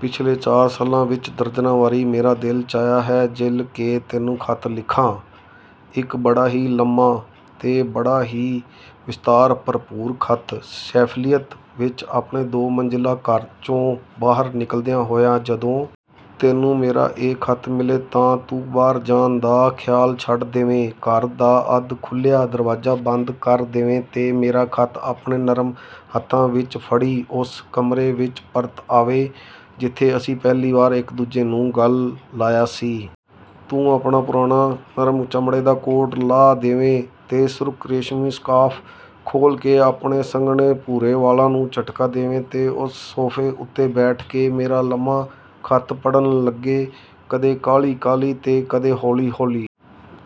ਪਿੱਛਲੇ ਚਾਰ ਸਾਲਾਂ ਵਿੱਚ ਦਰਜਨਾਂ ਵਾਰੀ ਮੇਰਾ ਦਿਲ ਚਾਹਿਆ ਹੈ, ਜਿਲ, ਕਿ ਤੈਨੂੰ ਖ਼ਤ ਲਿਖਾਂ—ਇੱਕ ਬੜਾ ਹੀ ਲੰਮਾ ਤੇ ਬੜਾ ਹੀ ਵਿਸਥਾਰ-ਭਰਪੂਰ ਖ਼ਤ। ਸ਼ੈਫ਼ੀਲਡ ਵਿੱਚ ਆਪਣੇ ਦੋ-ਮੰਜ਼ਿਲਾ ਘਰ 'ਚੋਂ ਬਾਹਰ ਨਿਕਲਦਿਆਂ ਹੋਇਆਂ, ਜਦੋਂ ਤੈਨੂੰ ਮੇਰਾ ਇਹ ਖ਼ਤ ਮਿਲੇ, ਤਾਂ ਤੂੰ ਬਾਹਰ ਜਾਣ ਦਾ ਖ਼ਿਆਲ ਛੱਡ ਦੇਵੇਂ, ਘਰ ਦਾ ਅੱਧ-ਖੁੱਲ੍ਹਿਆ ਦਰਵਾਜ਼ਾ ਬੰਦ ਕਰ ਦੇਵੇਂ ਤੇ ਮੇਰਾ ਖ਼ਤ ਆਪਣੇ ਨਰਮ ਹੱਥਾਂ ਵਿੱਚ ਫੜੀ ਉਸ ਕਮਰੇ ਵਿੱਚ ਪਰਤ ਆਵੇਂ, ਜਿੱਥੇ ਅਸੀਂ ਪਹਿਲੀ ਵਾਰ ਇੱਕ-ਦੂਜੇ ਨੂੰ ਗਲ਼ ਲਾਇਆ ਸੀ। ਤੂੰ ਆਪਣਾ ਪੁਰਾਣਾ ਨਰਮ ਚਮੜੇ ਦਾ ਕੋਟ ਲਾਹ ਦੇਵੇਂ ਤੇ ਸੁਰਖ਼ ਰੇਸ਼ਮੀ ਸਕਾਰਫ਼ ਖੋਲ੍ਹ ਕੇ ਆਪਣੇ ਸੰਘਣੇ ਭੂਰੇ ਵਾਲਾਂ ਨੂੰ ਝਟਕਾ ਦੇਵੇਂ ਤੇ ਉਸੇ ਸੋਫ਼ੇ ਉੱਤੇ ਬੈਠ ਕੇ ਮੇਰਾ ਲੰਮਾ ਖ਼ਤ ਪੜ੍ਹਨ ਲੱਗੇਂ—ਕਦੇ ਕਾਹਲੀ-ਕਾਹਲੀ ਤੇ ਕਦੇ ਹੌਲੀ-ਹੌਲੀ।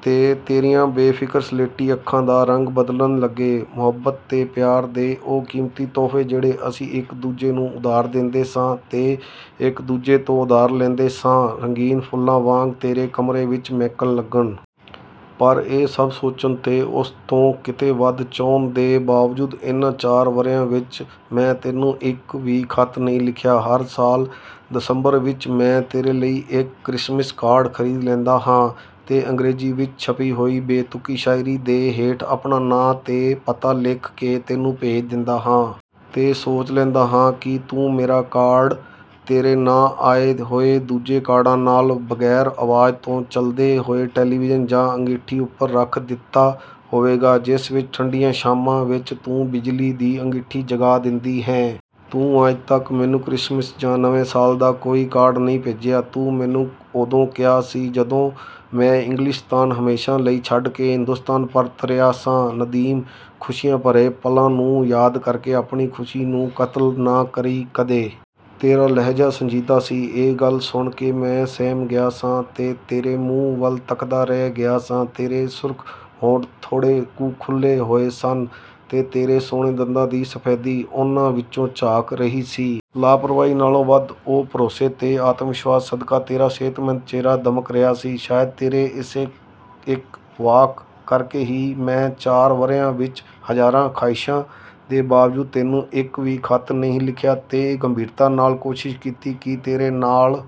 ਤੇ ਤੇਰੀਆਂ ਬੇਫ਼ਿਕਰ ਸਲੇਟੀ ਅੱਖਾਂ ਦਾ ਰੰਗ ਬਦਲਣ ਲੱਗੇ। ਮੁਹੱਬਤ ਤੇ ਪਿਆਰ ਦੇ ਉਹ ਕੀਮਤੀ ਤੋਹਫ਼ੇ, ਜਿਹੜੇ ਅਸੀਂ ਇੱਕ-ਦੂਜੇ ਨੂੰ ਉਧਾਰ ਦੇਂਦੇ ਸਾਂ ਤੇ ਇੱਕ-ਦੂਜੇ ਤੋਂ ਉਧਾਰ ਲੈਂਦੇ ਸਾਂ, ਰੰਗੀਨ ਫੁੱਲਾਂ ਵਾਂਗ ਤੇਰੇ ਕਮਰੇ ਵਿੱਚ ਮਹਿਕਣ ਲੱਗਣ। ਪਰ ਇਹ ਸਭ ਸੋਚਣ ਤੇ ਉਸ ਤੋਂ ਕਿਤੇ ਵੱਧ ਚਾਹੁਣ ਦੇ ਬਾਵਜੂਦ, ਇਹਨਾਂ ਚਾਰ ਵਰ੍ਹਿਆਂ ਵਿੱਚ ਮੈਂ ਤੈਨੂੰ ਇੱਕ ਵੀ ਖ਼ਤ ਨਹੀਂ ਲਿਖਿਆ। ਹਰ ਸਾਲ ਦਸੰਬਰ ਵਿੱਚ ਮੈਂ ਤੇਰੇ ਲਈ ਇੱਕ ਕ੍ਰਿਸਮਿਸ ਕਾਰਡ ਖ਼ਰੀਦ ਲੈਂਦਾ ਹਾਂ ਤੇ ਅੰਗਰੇਜ਼ੀ ਵਿੱਚ ਛਪੀ ਹੋਈ ਬੇਤੁਕੀ ਸ਼ਾਇਰੀ ਦੇ ਹੇਠ ਆਪਣਾ ਨਾਂ ਤੇ ਪਤਾ ਲਿਖ ਕੇ ਤੈਨੂੰ ਭੇਜ ਦੇਂਦਾ ਹਾਂ। ਤੇ ਸੋਚ ਲੈਂਦਾ ਹਾਂ ਕਿ ਤੂੰ ਮੇਰਾ ਕਾਰਡ ਤੇਰੇ ਨਾਂ ਆਏ ਹੋਏ ਦੂਜੇ ਕਾਰਡਾਂ ਨਾਲ, ਬਗ਼ੈਰ ਆਵਾਜ਼ ਤੋਂ ਚੱਲਦੇ ਹੋਏ ਟੈਲੀਵੀਜ਼ਨ ਜਾਂ ਅੰਗੀਠੀ ਉੱਪਰ ਰੱਖ ਦਿੱਤਾ ਹੋਵੇਗਾ, ਜਿਸ ਵਿੱਚ ਠੰਡੀਆਂ ਸ਼ਾਮਾਂ ਵਿੱਚ ਤੂੰ ਬਿਜਲੀ ਦੀ ਅੰਗੀਠੀ ਜਗਾ ਦੇਂਦੀ ਹੈਂ। ਤੂੰ ਅੱਜ ਤੱਕ ਮੈਨੂੰ ਕ੍ਰਿਸਮਿਸ ਜਾਂ ਨਵੇਂ ਸਾਲ ਦਾ ਕੋਈ ਕਾਰਡ ਨਹੀਂ ਭੇਜਿਆ। ਤੂੰ ਮੈਨੂੰ ਉਦੋਂ ਕਿਹਾ ਸੀ, ਜਦੋਂ ਮੈਂ ਇੰਗਲਿਸਤਾਨ ਹਮੇਸ਼ਾ ਲਈ ਛੱਡ ਕੇ ਹਿੰਦੁਸਤਾਨ ਪਰਤ ਰਿਹਾ ਸਾਂ, "ਨਦੀਮ, ਖੁਸ਼ੀਆਂ ਭਰੇ ਪਲਾਂ ਨੂੰ ਯਾਦ ਕਰਕੇ ਆਪਣੀ ਖੁਸ਼ੀ ਨੂੰ ਕਤਲ ਨਾ ਕਰੀਂ ਕਦੇ।" ਤੇਰਾ ਲਹਿਜ਼ਾ ਸੰਜੀਦਾ ਸੀ। ਇਹ ਗੱਲ ਸੁਣ ਕੇ ਮੈਂ ਸਹਿਮ ਗਿਆ ਸਾਂ ਤੇ ਤੇਰੇ ਮੂੰਹ ਵੱਲ ਤੱਕਦਾ ਰਹਿ ਗਿਆ ਸਾਂ। ਤੇਰੇ ਸੁਰਖ਼ ਹੋਂਠ ਥੋੜ੍ਹੇ ਕੁ ਖੁੱਲ੍ਹੇ ਹੋਏ ਸਨ ਤੇ ਤੇਰੇ ਸੋਹਣੇ ਦੰਦਾਂ ਦੀ ਸਫ਼ੇਦੀ ਉਹਨਾਂ ਵਿੱਚੋਂ ਝਾਕ ਰਹੀ ਸੀ। ਲਾਪ੍ਰਵਾਹੀ ਨਾਲੋਂ ਵੱਧ ਉਸ ਭਰੋਸੇ ਤੇ ਆਤਮ-ਵਿਸ਼ਵਾਸ ਸਦਕਾ ਤੇਰਾ ਸਿਹਤਮੰਦ ਚਿਹਰਾ ਦਮਕ ਰਿਹਾ ਸੀ। ਸ਼ਾਇਦ ਤੇਰੇ ਇਸੇ ਇੱਕ ਵਾਕ ਕਰਕੇ ਹੀ ਮੈਂ ਚਾਰ ਵਰ੍ਹਿਆਂ ਵਿੱਚ ਹਜ਼ਾਰਾਂ ਖ਼ਾਹਿਸ਼ਾਂ ਦੇ ਬਾਵਜੂਦ ਤੈਨੂੰ ਇੱਕ ਵੀ ਖ਼ਤ ਨਹੀਂ ਲਿਖਿਆ ਤੇ ਗੰਭੀਰਤਾ ਨਾਲ ਕੋਸ਼ਿਸ਼ ਕੀਤੀ ਕਿ ਤੇਰੇ ਨਾਲ